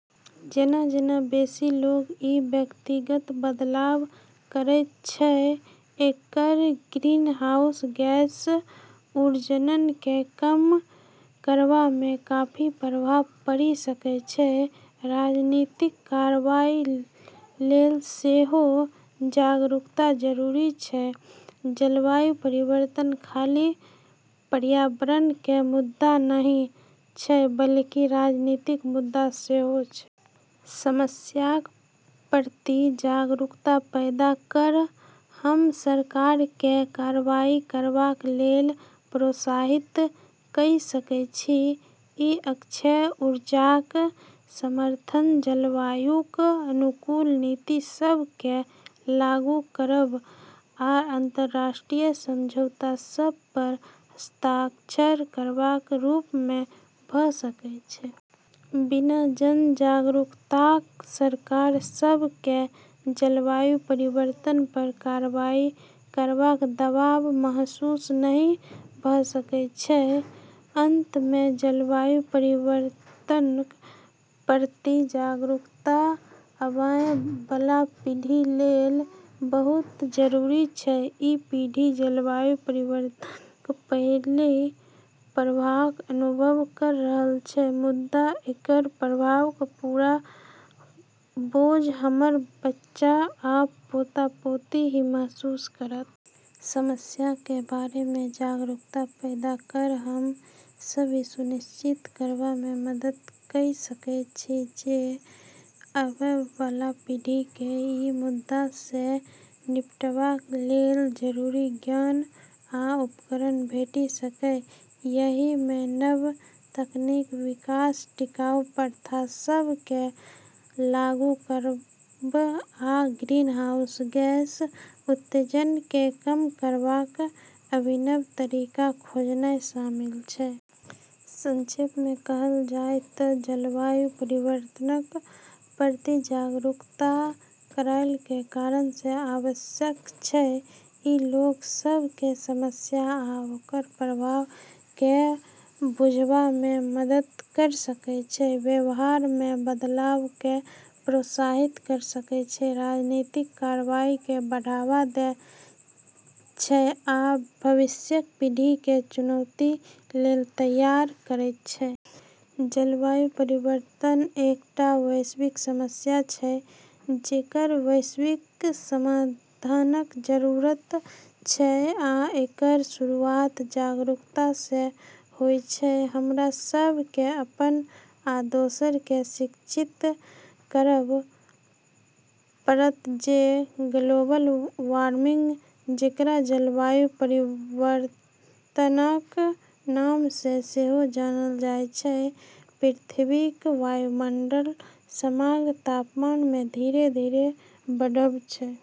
जेना-जेना बेसी लोक ई व्यक्तिगत बदलाव करैत अछि, एकर ग्रीनहाउस गैस उत्सर्जन केँ कम करबामे काफी प्रभाव पड़ि सकैत अछि। राजनीतिक कार्रवाई लेल सेहो जागरूकता जरूरी अछि। जलवायु परिवर्तन खाली पर्यावरणक मुद्दा नहि अछि बल्कि राजनीतिक मुद्दा सेहो अछि। समस्याक प्रति जागरूकता पैदा कऽ हम सरकारकेँ कार्रवाई करबा लेल प्रोत्साहित कइ सकैत छी। ई अक्षय ऊर्जाक समर्थन, जलवायुक अनुकूल नीति सभ केँ लागू करब, आ अंतर्राष्ट्रीय समझौता सभ पर हस्ताक्षर करबाक रूपमे भऽ सकैत अछि। बिना जन-जागरूकताक सरकार सभ केँ जलवायु परिवर्तन पर कार्रवाई करबाक दबाव महसूस नहि भऽ सकैत अछि। अंतमे, जलवायु परिवर्तनक प्रति जागरूकता आबए बला पीढ़ी लेल बहुत जरूरी अछि। ई पीढ़ी जलवायु परिवर्तनक पहिल प्रभावक अनुभव कऽ रहल अछि, मुदा एकर प्रभावक पूरा बोझ हमर बच्चा आ पोता-पोती ही महसूस करत। समस्याक बारेमे जागरूकता पैदा कऽ हम सभ ई सुनिश्चित करबामे मदद कइ सकैत छी जे आबए बला पीढ़ी केँ ई मुद्दा सँ निपटबा लेल जरूरी ज्ञान आ उपकरण भेटि सकए। एहिमे नव तकनीकक विकास, टिकाऊ प्रथा सभ केँ लागू करब, आ ग्रीनहाउस गैस उत्सर्जन केँ कम करबाक अभिनव तरीका खोजनाइ शामिल अछि। संक्षेपमे कहल जाए तँ जलवायु परिवर्तनक प्रति जागरूकता कएक कारण सँ आवश्यक अछि। ई लोक सभ केँ समस्या आ ओकर प्रभाव केँ बुझबामे मदद करैत अछि, व्यवहारमे बदलाव केँ प्रोत्साहित करैत अछि, राजनीतिक कार्रवाई केँ बढ़ावा दैत अछि, आ भविष्यक पीढ़ी केँ चुनौती लेल तैयार करैत अछि। जलवायु परिवर्तन एकटा वैश्विक समस्या अछि जेकर वैश्विक समाधानक जरूरत अछि, आ एकर शुरुआत जागरूकता सँ होइत अछि। हमरा सभ केँ अपन आ दोसरा केँ शिक्षित करब पड़त जे ग्लोबल वार्मिंग, जेकरा जलवायु परिवर्तनक नाम सँ सेहो जानल जाइत अछि, पृथ्वीक वायुमंडलक समग्र तापमानमे धीरे-धीरे बढ़ब अछि।